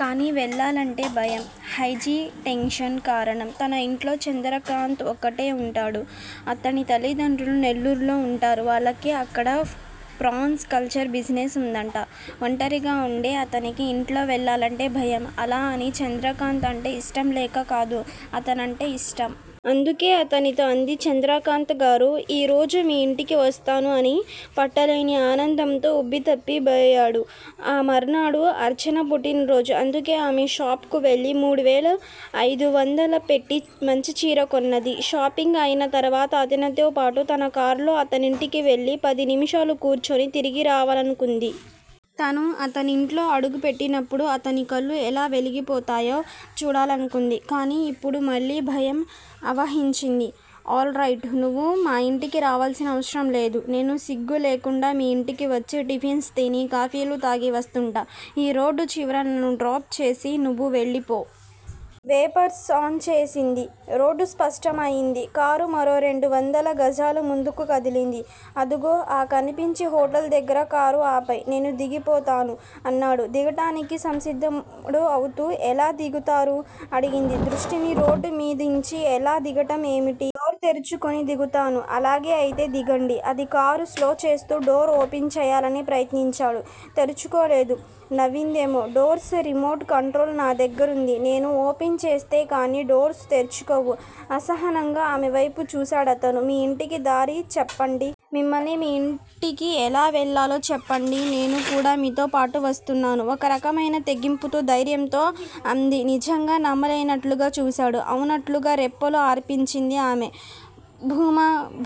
కానీ వెళ్ళాలంటే భయం హేజిటేన్షన్. కారణం తన ఇంట్లో చంద్రకాంత్ ఒక్కటే వుంటాడు. అతని తల్లిదండ్రులు నెల్లూరులో వుంటారు. వాళ్ళకి అక్కడ ప్రాన్స్ కల్చర్ బిజినెస్ వుందంట. ఒంటరిగా ఉండే అతని ఇంట్లో వెళ్ళాలంటే భయం. అలా అని చంద్రకాంత్ అంటే ఇష్టంలేక కాదు. అతనంటే ఇష్టం. అందుకే అతనితో అంది చంద్రకాంత్ గారూ! ఈ రోజు మీ ఇంటికి వస్తాను అని. పట్టలేని ఆనందంతో ఉబ్బితబ్బిబైపోయాడు. ఆ మర్నాడు అర్చన పుట్టినరోజు. అందుకే ఆమె షాప్ కు వెళ్ళి మూడువేల ఐదు వందలు పెట్టి మంచి చీర కొన్నది. షాపింగ్ అయిన తరువాత అతనితోపాటు తన కారులో అతనింటికి వెళ్ళి పది నిమిషాలు కూర్చుని తిరిగి రావాలనుకుంది. తను అతనింట్లో అడుగు పెట్టినప్పుడు అతని కళ్ళు ఎలా వెలిగిపోతాయో చూడాలనుకుంది. కానీ ఇప్పుడు మళ్ళీ భయం అవహించింది. All right! నువ్వు మా ఇంటికి రావలసిన అవసరం లేదు. నేనే సిగ్గులేకుండా మీ ఇంటికి వచ్చి టిఫిన్స్ తిని, కాఫీలు తాగి వస్తుంటా! ఈ రోడ్డు చివర నన్ను డ్రాప్ చేసి నువ్వు వెళ్ళిపో. వెపర్స్ ఆన్ చేసింది. రోడ్డు స్పష్టం అయింది. కారు మరో రెండు వందల గజాలు ముందుకు కదిలింది. అదుగో ఆ కనిపించే హోటల్ దగ్గర కారు ఆపెయ్. నేను దిగిపోతాను అన్నాడు దిగటానికి సంసిద్దుడవుతూ. ఎలా దిగుతారు? అడిగింది దృష్టిని రోడ్ మీదించి. ఎలా దిగటం ఏమిటి? డోరు తెరుచుకుని దిగుతాను. అలాగా అయితే దిగండి అది కారు స్లో చేస్తూ. డోరు ఓపెన్ చేయాలని ప్రయత్నించాడు. తెరుచుకోలేదు. నవ్విందేమో డోర్స్ రిమోట్ కంట్రోల్ నా దగ్గరుంది. నేను ఓపెన్ చేస్తేనే కానీ డోర్స్ తెరుచుకోవు. అసహనంగా ఆమె వైపు చూశాడతను. మీ ఇంటికి దారి చెప్పండి. మిమ్మల్నే మీ ఇంటికి ఎలా వెళ్ళాలో చెప్పండి. నేను కూడా మీతో పాటు వస్తున్నాను ఒక రకమైన తెగింపుతో, ధైర్యంతో అంది. నిజంగా! నమ్మలేనట్లుగా చూశాడు. అవునన్నట్లుగా రెప్పలు ఆర్పించింది ఆమె.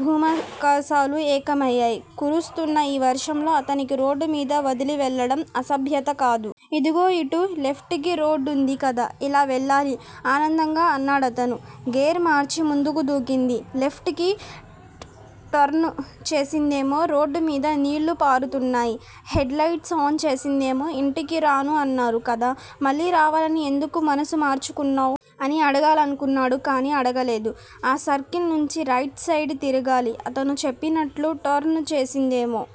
భూమ్యాకాశాలు ఏకమయ్యేలా కురుస్తున్న ఆ వర్షంలో అతనికి రోడ్డుమీద వదిలి వెళ్ళడం అసభ్యత కాదు. ఇదుగో ఇటు. లెఫ్టుకి రోడ్డుంది కదా. ఇలా వెళ్ళాలి ఆనందంగా అన్నాడతను. గేరు మార్చి ముందుకు దూకింది లెఫ్ట్ కి టర్న్ చేసిందేమో. రోడ్డుమీద నీళ్ళు పారుతున్నాయి. హెడ్ లైట్స్ ఆన్ చేసిందెమో. ఇంటికి రాను అన్నారు కదా! మళ్ళీ రావాలని ఎందుకు మనసు మార్చుకున్నావ్? అని అడగాలనుకున్నాడు కానీ అడగలేదు. ఆ సర్కిల్ నుంచి రైట్ సైడ్ తిరగాలి. అతను చెప్పినట్లు టర్న్ చేసిందామె.